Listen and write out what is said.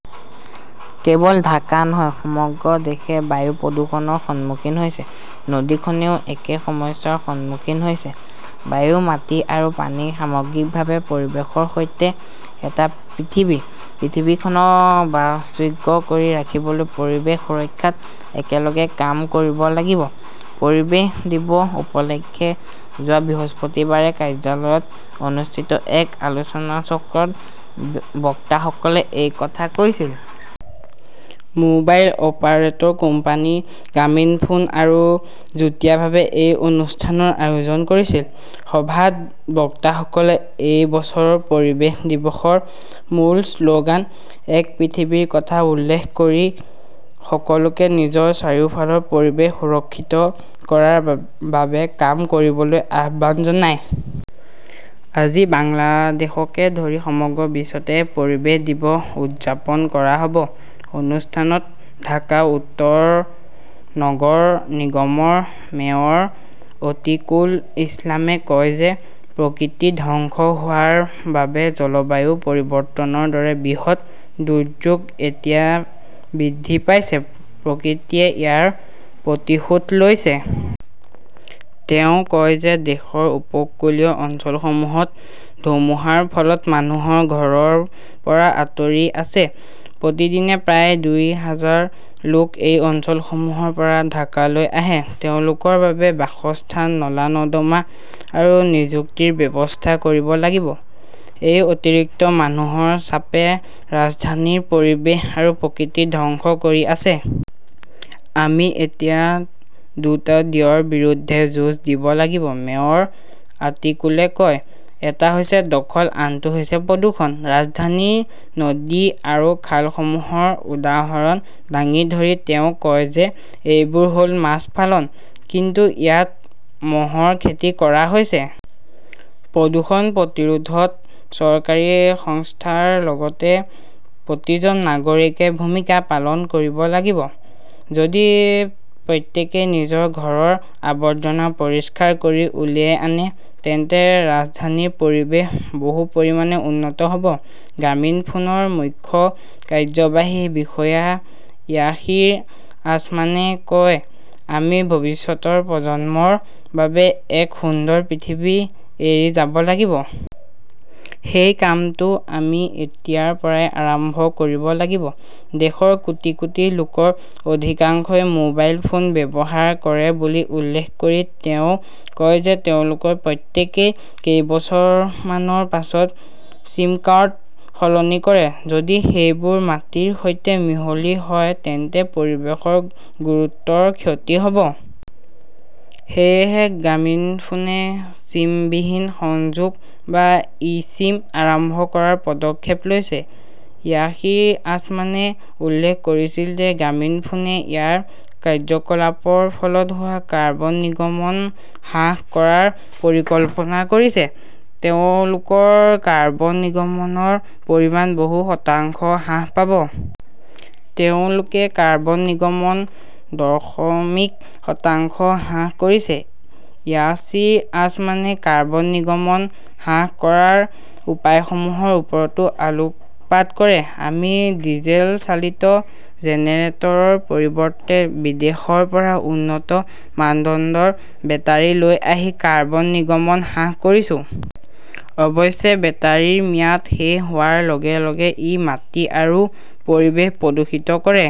কেৱল ঢাকা নহয়, সমগ্ৰ দেশে বায়ু প্ৰদূষণৰ সন্মুখীন হৈছে। নদীখনেও একে সমস্যাৰ সন্মুখীন হৈছে। বায়ু, মাটি আৰু পানী-সামগ্ৰিকভাৱে পৰিৱেশৰ সৈতে এটা পৃথিৱী। পৃথিৱীখনক বাসযোগ্য কৰি ৰাখিবলৈ পৰিৱেশ সুৰক্ষাত একেলগে কাম কৰিব লাগিব। পৰিৱেশ দিৱস উপলক্ষে যোৱা বৃহস্পতিবাৰে কাৰ্যালয়ত অনুষ্ঠিত এক আলোচনাচক্ৰত বক্তাসকলে এই কথা কৈছিল। মোবাইল অপাৰেটৰ কোম্পানী গ্ৰামীণফোন আৰু যুটীয়াভাৱে এই অনুষ্ঠানৰ আয়োজন কৰিছিল। সভাত বক্তাসকলে এই বছৰৰ পৰিৱেশ দিৱসৰ মূল শ্লোগান "এক পৃথিৱী"ৰ কথা উল্লেখ কৰি সকলোকে নিজৰ চাৰিওফালৰ পৰিৱেশ সুৰক্ষিত কৰাৰ বাবে কাম কৰিবলৈ আহ্বান জনায়। আজি বাংলাদেশকে ধৰি সমগ্ৰ বিশ্বতে পৰিৱেশ দিৱস উদযাপন কৰা হ'ব। অনুষ্ঠানত ঢাকা উত্তৰ নগৰ নিগমৰ মেয়ৰ অতীকুল ইছলামে কয় যে, প্ৰকৃতি ধ্বংস হোৱাৰ বাবে জলবায়ু পৰিৱৰ্তনৰ দৰে বৃহৎ দুৰ্যোগ এতিয়া বৃদ্ধি পাইছে। প্ৰকৃতিয়ে ইয়াৰ প্ৰতিশোধ লৈছে। তেওঁ কয় যে দেশৰ উপকূলীয় অঞ্চলসমূহত ধুমুহাৰ ফলত মানুহৰ ঘৰৰ পৰা আঁতৰি আছে। প্ৰতিদিনে প্ৰায় দুই হাজাৰ লোক এই অঞ্চলসমূহৰ পৰা ঢাকালৈ আহে। তেওঁলোকৰ বাবে বাসস্থান, নলা-নৰ্দমা আৰু নিযুক্তিৰ ব্যৱস্থা কৰিব লাগিব। এই অতিৰিক্ত মানুহৰ চাপে ৰাজধানীৰ পৰিৱেশ আৰু প্ৰকৃতি ধ্বংস কৰি আছে। "আমি এতিয়া দুটা "দ্য"ৰ বিৰুদ্ধে যুঁজ দিব লাগিব", মেয়ৰ আতিকুলে কয়। এটা হৈছে দখল, আনটো হৈছে প্ৰদূষণ। "ৰাজধানীৰ নদী আৰু খালসমূহৰ উদাহৰণ দাঙি ধৰি তেওঁ কয় যে এইবোৰ হ'ল মাছ পালন। কিন্তু ইয়াত মহৰ খেতি কৰা হৈছে। প্ৰদূষণ প্ৰতিৰোধত চৰকাৰী সংস্থাৰ লগতে প্ৰতিজন নাগৰিকে ভূমিকা পালন কৰিব লাগিব। যদি প্ৰত্যেকেই নিজৰ ঘৰৰ আৱৰ্জনা পৰিষ্কাৰ কৰি উলিয়াই আনে, তেন্তে ৰাজধানীৰ পৰিৱেশ বহু পৰিমাণে উন্নত হ'ব। গ্ৰামীণফোনৰ মুখ্য কাৰ্যবাহী বিষয়া য়াসিৰ আজমানে কয়,"আমি ভৱিষ্যতৰ প্ৰজন্মৰ বাবে এক সুন্দৰ পৃথিৱী এৰি যাব লাগিব।" সেই কামটো আমি এতিয়াৰ পৰাই আৰম্ভ কৰিব লাগিব।" দেশৰ কোটি কোটি লোকৰ অধিকাংশই মোবাইল ফোন ব্যৱহাৰ কৰে বুলি উল্লেখ কৰি তেওঁ কয় যে তেওঁলোকৰ প্ৰত্যেকেই কেইবছৰমানৰ পাছত চিমকাৰ্ড সলনি কৰে। যদি সেইবোৰ মাটিৰ সৈতে মিহলি হয় তেন্তে পৰিৱেশৰ গুৰুতৰ ক্ষতি হ'ব। সেয়েহে গ্ৰামীণফোনে চিমবিহীন সংযোগ বা ই-চিম আৰম্ভ কৰাৰ পদক্ষেপ লৈছে। য়াসিৰ আজমানে উল্লেখ কৰিছিল যে গ্ৰামীণফোনে ইয়াৰ কাৰ্যকলাপৰ ফলত হোৱা কাৰ্বন নিৰ্গমন হ্ৰাস কৰাৰ পৰিকল্পনা কৰিছে। তেওঁলোকৰ কাৰ্বন নিৰ্গমনৰ পৰিমাণ বহু শতাংশ হ্ৰাস পাব। তেওঁলোকে কাৰ্বন নিৰ্গমন দশমিক শতাংশ হ্ৰাস কৰিছে। ইয়াছিৰ আজমানে কাৰ্বন নিৰ্গমন হ্ৰাস কৰাৰ উপায়সমূহৰ ওপৰতো আলোকপাত কৰে। "আমি ডিজেল চালিত জেনেৰেটৰৰ পৰিৱৰ্তে বিদেশৰ পৰা উন্নত মানদণ্ডৰ বেটাৰী লৈ আহি কাৰ্বন নিৰ্গমন হ্ৰাস কৰিছোঁ। অৱশ্যে, বেটাৰিৰ ম্যাদ শেষ হোৱাৰ লগে লগে ই মাটি আৰু পৰিৱেশ প্ৰদূষিত কৰে।"